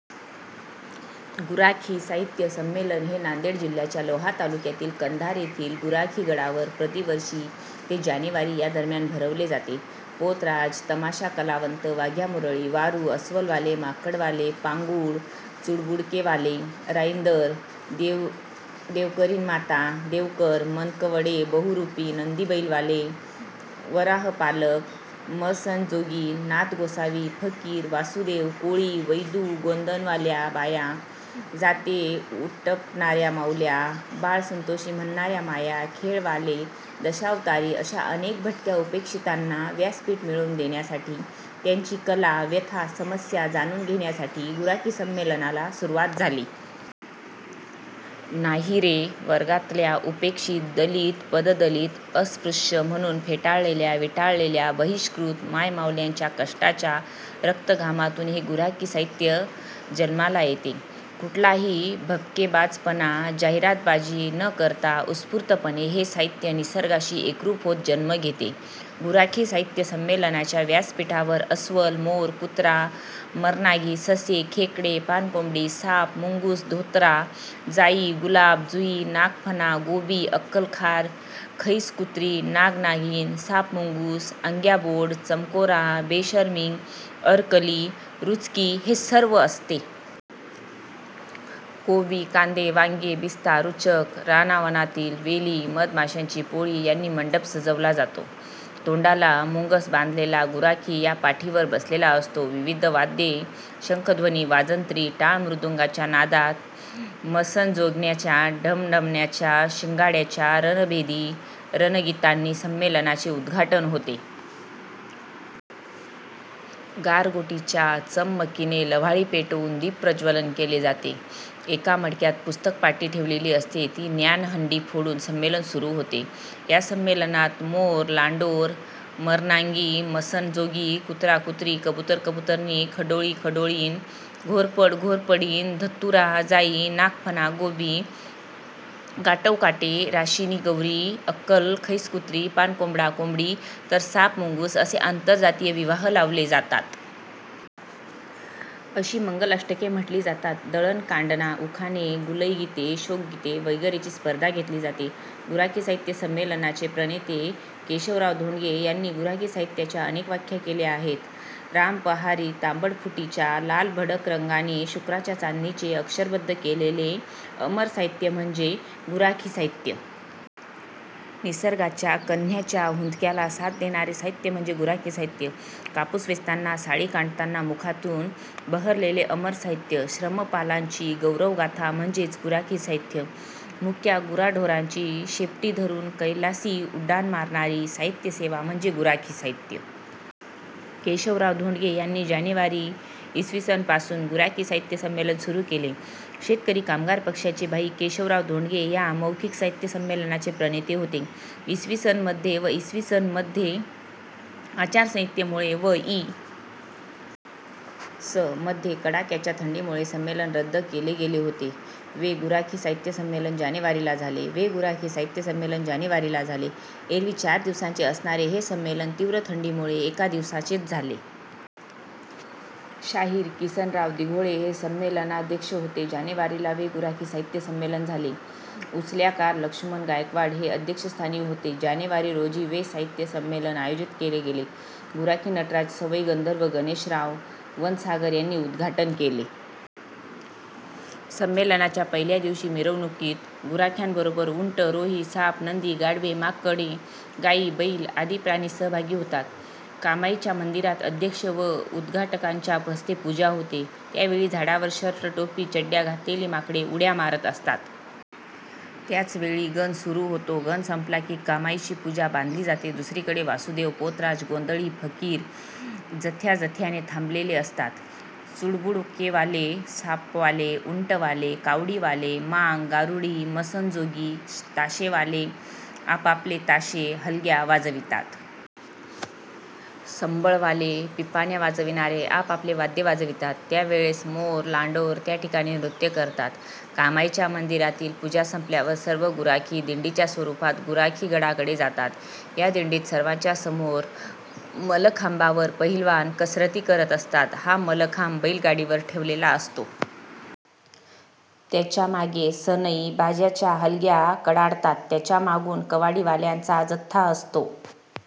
गुराखी साहित्य संमेलन हे नांदेड जिल्ह्याच्या लोहा तालुक्यातील कंधार येथील गुराखीगडावर प्रतिवर्षी ते जानेवारी या दरम्यान भरवले जाते. पोतराज, तमाशा कलावंत, वाघ्या-मुरळी, वारू, अस्वलवाले, माकडवाले, पांगूळ, चुडबुडकेवाले, राईंदर, देवकरीणमाता, देवकर, मनकवडे, बहुरूपी, नंदीबैलवाले, वराहपालक, मसणजोगी, नाथगोसावी, फकीर, वासुदेव, कोळी, वैदू, गोंदणवाल्या बाया, जाते उपटणाऱ्या माउल्या, बाळ संतोषी म्हणणाऱ्या माया, खेळवाले, दशावतारी अशा अनेक भटक्या-उपेक्षितांना व्यासपीठ मिळवून देण्यासाठी, त्यांची कला, व्यथा, समस्या जाणून घेण्यासाठी गुराखी संमेलनाला सुरुवात झाली. 'नाहीरे' वर्गातल्या उपेक्षित दलित-पददलित, अस्पृश्य म्हणून फेटाळलेल्या, विटाळलेल्या, बहिष्कृत, मायमाउल्यांच्या कष्टाच्या रक्त-घामातून हे गुराखी साहित्य जन्माला येते. कुठलाही भपकेबाजपणा, जाहिरातबाजी न करता उत्स्फूर्तपणे हे साहित्य निसर्गाशी एकरूप होत जन्म घेते. गुराखी साहित्य संमेलनाच्या व्यासपीठावर अस्वल, मोर, कुत्रा, मरनागी, ससे, खेकडे, पानकोंबडी, साप, मुंगूस, धोतरा, जाई-गुलाब, जुई, नागफणा, गोबी, अक्कल खार, खईसकुत्री, नाग-नागीण, साप-मुंगूस, आग्याबोंड, चमकोरा, बेशरमी, करअली, रुचकी हे सर्व असते. कोबी, कांदे, वांगे, बिस्ता, रुचक, रानावनातील वेली, मधमाशांची पोळी यांनी मंडप सजवला जातो. तोंडाला मुंगस बांधलेला गुराखी या पीठावर बसलेला असतो. विविध वाद्ये, शंखध्वनी, वाजंत्री व टाळमृदंगाच्या नादात, मसणजोग्याच्या ढणमण्याच्या व शिंगाडयाच्या रणभेदी रणगीतांनी संमेलनाचे उद्घाटन होते. गारगोटीच्या चममकीने लव्हाळी पेटवून दीप प्रज्वलन केले जाते. एका मडक्यात पुस्तक-पाटी ठेवलेली असते. ती ज्ञानहंडी फोडून संमेलन सुरू होते. या संमेलनात मोर-लांडोर, मरनांगी-मसणनजोगी, कुत्रा-कुत्री, कबुतर-कबुतरीण, खडोळी-खडोळीण, घोरपड-घोरपडीण, धत्तुरा-जाई, नागफणा-गोबी, गाटवकाटे- राशिनी गवरी, अक्कल-खईसकुत्री, पानकोंबडा-कोंबडी तर साप-मुंगूस असे आंतरजातीय विवाह लावले जातात. अशी मंगलाष्टके म्हटली जातात. दळणकांडण, उखाणे, गुलई गीते, शोकगीते वगैरेंची स्पर्धा घेतली जाते. गुराखी साहित्य संमेनलनाचे प्रणेते केशवराव धोंडगे यांनी गुराखी साहित्याच्या अनेक व्याख्या केलेल्या आहेत. रामपहारी तांबडफुटीच्या लालभडक रंगाने, शुक्राच्या चांदणीने अक्षरबद्ध केलेले अमर साहित्य म्हणजे गुराखी साहित्य. निसर्गाच्या कण्हण्याच्या हुंदक्याला साथ देणारे साहित्य म्हणजेच गुराखी साहित्य. कापूस वेचताना, साळी कांडताना मुखातून बहरलेले अमर साहित्य, श्रमपालांची गौरवगाथा म्हणजेच हे गुराखी साहित्य. मुक्या गुराढोरांची शेपटी धरून कैलासी उड्डाण मारणारी साहित्यसेवा म्हणजे गुराखी साहित्य. केशवराव धोंडगे यांनी जानेवारी, इ. स. पासून गुराखी साहित्य संमेलन सुरू केले. शेतकरी कामगार पक्षाचे भाई केशवराव धोंडगे या मौखिक साहित्य संमेलनाचे प्रणेते होत. इ. स. मध्ये व इ. स. मध्ये आचारसंहितेमुळे व इ. स. मध्ये कडाक्याच्या थंडीमुळे संमेलन रद्द केले गेले होते. वे गुराखी साहित्य संमेलन जानेवारी ला झाले. वे गुराखी साहित्य संमेलन जानेवारी ला झाले. एरवी चार दिवसांचे असणारे हे संमेलन तीव्र थंडीमुळे एका दिवसाचेच झाले. शाहीर किसनराव दिघोळे हे संमेलनाध्यक्ष होते. जानेवारी ला वे गुराखी साहित्य संमेलन झाले. 'उचल्याकार' लक्ष्मण गायकवाड हे अध्यक्षस्थानी होते. - जानेवारी रोजी वे साहित्य संमेलन आयोजित केले गेले. गुराखी नटराज सवई गंधर्व गणेशराव वनसागर यांनी उद्घाटन केले. संमेलनाच्या पहिल्या दिवशी मिरवणुकीत गुराख्यांबरोबर उंट, रोही, साप, नंदी, गाढवे, माकडे, गाई, बैल आदी प्राणी सहभागी होतात. कामाईच्या मंदिरात अध्यक्ष व उद्घाटकांच्या हस्ते पूजा होते. त्यावेळी झाडावर शर्ट, टोपी, चड्ड़्या घातलेली माकडे उड्या मारत असतात. त्याचवेळी गण सुरू होतो. गण संपला की कामाईची पूजा बांधली जाते. दुसरीकडे वासुदेव, पोतराज, गोंधळी, फकीर जथ्याजथ्याने थांबलेले असतात. चुडबुडकेवाले, सापवाले, उंटवाले, कावडीवाले, मांग, गारुडी, मसणजोगी, ताशेवाले, आपापले ताशे, हलग्या वाजवितात. संबळवाले, पिपाण्या वाजविणारे आपापले वाद्य वाजवितात. त्यावेळेस मोर, लांडोर त्या ठिकाणी नृत्य करतात. कामाईच्या मंदिरातील पूजा संपल्यावर सर्व गुराखी दिंडीच्या रूपात गुराखीगडाकडे जातात. या दिंडीत सर्वांच्यासमोर मलखांबावर पहिलवान कसरती करत असतात. हा मलखांब बैलगाडीवर ठेवलेला असतो. त्याच्या मागे सनई, बाज्याच्या हलग्या कडाडतात. त्यांच्या मागून कावडीवाल्यांचा जथ्था असतो.